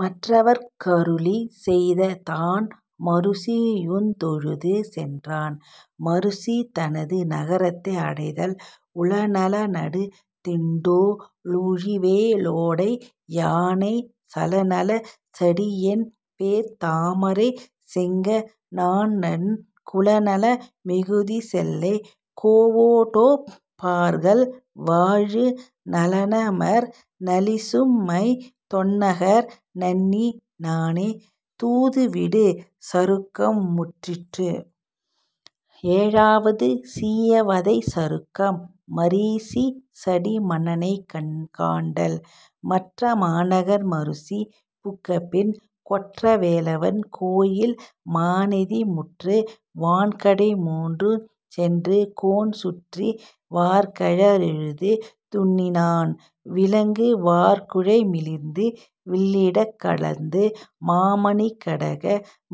மற்றவர்க் கருளிச் செய்தான் மருசியுந் தொழுது சென்றான் மருசி தனது நகரத்தை அடைதல் உலனல னடுதிண்டோ ளூழிவே லோடை யானைச் சலநல சடியென்பேர்த் தாமரைச் செங்க ணான்றன் குலநல மிகுசெல்கைக் கோவொடொப் பார்கள் வாழு நலனமர் நளிசும்மைத் தொன்னகர் நண்ணி னானே தூதுவிடு சருக்கம் முற்றிற்று ஏழாவது சீயவதைச் சருக்கம் மரீசி சடி மன்னனைக் காண்டல் மற்ற மாநகர் மருசி புக்கபின் கொற்ற வேலவன் கோயின் மாநெதி முற்று வான்கடை மூன்றுஞ் சென்றுகோன் சுற்று வார்கழ றெழுது துன்னினான் விலங்கு வார்குழை மிளிர்ந்து வில்லிடக் கலந்து மாமணிக் கடக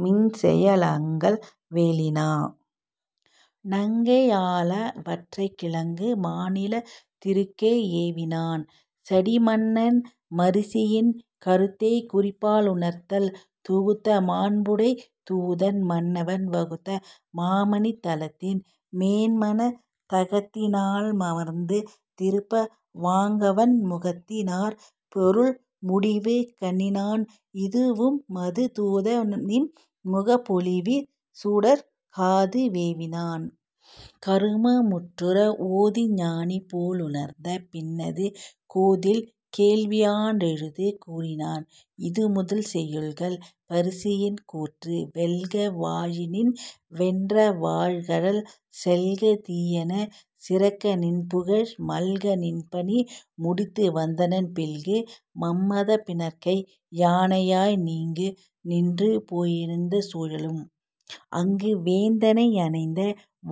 மின்செய அலங்கல் வேலினா னங்கை யாலவற் கிலங்கு மாநிலத் திருக்கை யேவினான் சடிமன்னன் மரீசியின் கருத்தைக் குறிப்பாலுணர்தல் தொகுத்த மாண்புடைத் தூதன் மன்னவன் வகுத்த மாமணித் தலத்தின் மேன்மனத் தகத்தி னாலமர்ந் திருப்ப வாங்கவன் முகத்தி னாற்பொருண் முடிவு கண்ணினான் இதுவுமது தூத னின்முகப் பொலிவி னாற்சுடர்க் காது வேலினான் கரும முற்றுற ஓதி ஞானிபோ லுணர்ந்த பின்னது கோதில் கேள்வியான் றொழுது கூறினான் இதுமுதல் செய்யுள்கள் மரீசியின் கூற்று வெல்க வாழிநின் வென்றிவார்கழல் செல்க தீயன சிறக்க நின்புகழ் மல்க நின்பணி முடித்து வந்தனன் பில்கு மும்மதப் பிணர்க்கை யானையாய் இங்கு நின்றுபோ யிழிந்த சூழலும் அங்கு வேந்தனை யணைந்த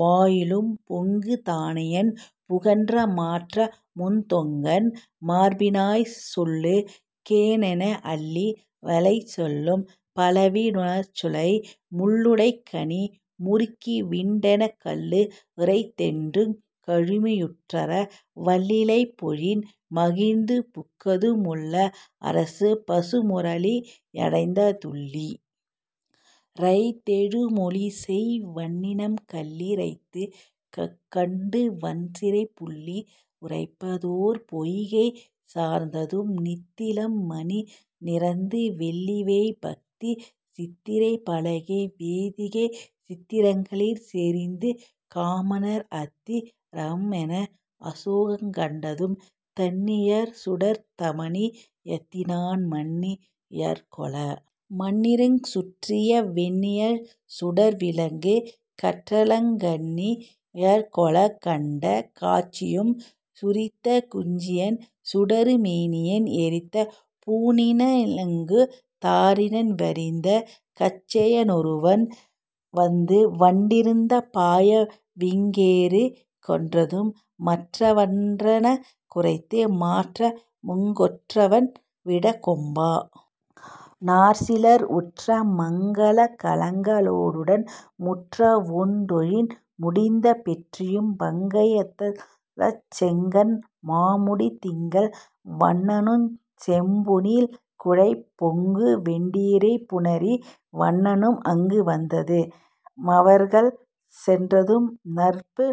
வாயிலும் பொங்கு தானையான் புகன்ற மாற்றமுந் தொங்கன் மார்பினாய் சொல்லு கேனெனா அள்ளி லைச்செழும் பலவி னார்சுளை முள்ளு டைக்கனி முறுகி விண்டெனக் கள்ளு றைத்தொறுங் கழுமி யூற்றறா வள்ளி லைப்பொழின் மகிழ்ந்து புக்கதும் முள்ள ரைப்பசு முளரி யந்தடத் துள்ளி ரைத்தெழு மொலிசெய் வண்டினம் கள்ளி ரைத்துகக் கண்டு வண்சிறைப் புள்ளி ரைப்பதோர் பொய்கை சார்ந்ததும் நித்தி லம்மணி நிரந்து வெள்ளிவேய் பத்தி சித்திரப் பலகை வேதிகை சித்தி ரங்களிற் செறிந்து காமனார் அத்தி ரம்மென அசோகங் கண்டதும் தன்ணி ழற்சுடர்த் தமனி யத்தினான் மன்ணி ழற்கொள மருங்கு சுற்றிய வெண்ணி ழற்சுடர் விளங்கு கற்றலங் கண்ணி ழற்கொளக் கண்ட காட்சியும் சுரிந்த குஞ்சியன் சுடரு மேனியன் எரிந்த பூணின னிலங்கு தாரினன் வரிந்த கச்சைய னொருவன் வந்துவண் டிரிந்து பாயவிங் கேறு கென்றதும் மற்ற வன்றனக் குரைத்த மாற்றமுங் கொற்ற வன்விடக் கொம்ப னார்சிலர் உற்ற மங்கலக் கலங்க ளோடுடன் முற்ற வூண்டொழின் முடிந்த பெற்றியும் பங்கய யத்தலர்ச் செங்கண் மாமுடித் திங்கள் வண்ணனுஞ் செம்பொ னீள்குழைப் பொங்கு வெண்டிரைப் புணரி வண்ணனும் அங்கு வந்தது மவர்கள் சொற்றதும் நற்பு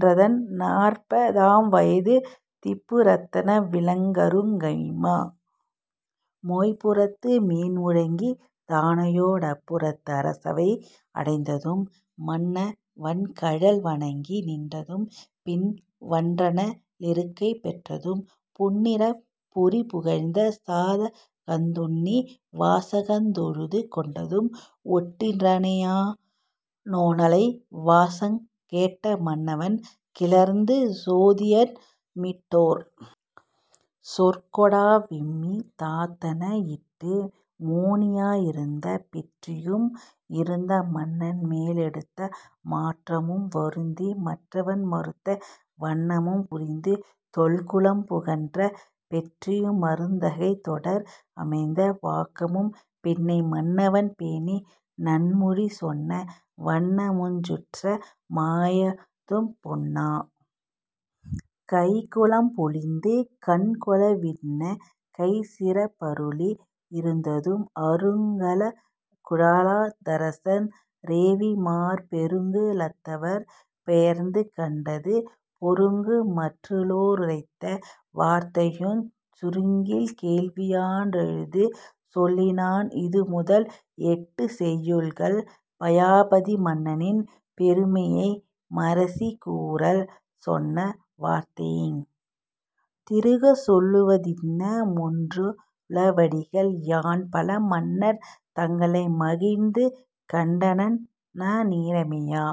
றத்தன நாற்ப தாம்வய திப்பு ரத்தன விளங்க ருங்கைம்மா மொய்ப்பு றத்துமேன் முழங்கு தானையோ டப்பு றத்தர சவைய டைந்ததும் மன்ன வன்கழல் வணங்கி நின்றதும் பின்ன வன்றனா லிருக்கை பெற்றதும் பொன்னி றப்பொறி புகழ்ந்த சாதகந் துன்னி வாசகந் தொழுது கொண்டதும் ஓட்டி றானையா னோலை வாசகங் கேட்ட மன்னவன் கிளர்ந்த சோதியான் மீட்டொர் சொற்கொடா விம்மி தத்தனா யீட்டு மோனியா யிருந்த பெற்றியும் இருந்த மன்னன்மே லெடுத்த மாற்றமும் வருந்தி மற்றவன் மறுத்த வன்ணமும் புரிந்து தொல்குலம் புகன்ற பெற்றியு மருந் தகைத் தொடர் பமைந்த வாக்கமும் பின்னை மன்னவன் பேணி நன்மொழி சொன்ன வண்ணமுஞ் சுற்ற மாயதும் பொன்ன கைக்குலம் பொலிந்து கண்கொள வின்ன கைச்சிறப் பருளி யீந்ததும் அருங்கல லக்குழாத் தரசன் றேவிமார் பெருங்கு லத்தவர் பெயர்ந்து கண்டது மொருங்கு மற்றுளோ ருரைத்த வார்த்தையுஞ் சுருங்கில் கேள்வியான் றொழுது சொல்லினான் இதுமுதல் எட்டுச் செய்யுள்கள், பயாபதி மன்னனின் பெருமையை மரீசி கூறல் சொன்ன வார்த்தையிஃ திருக்கச் சொல்லுவ தின்ன மொன்றுள வடிகள் யான்பல மன்னர் தங்களை மகிழ்ந்து கண்டன னன்ன னீர்மையா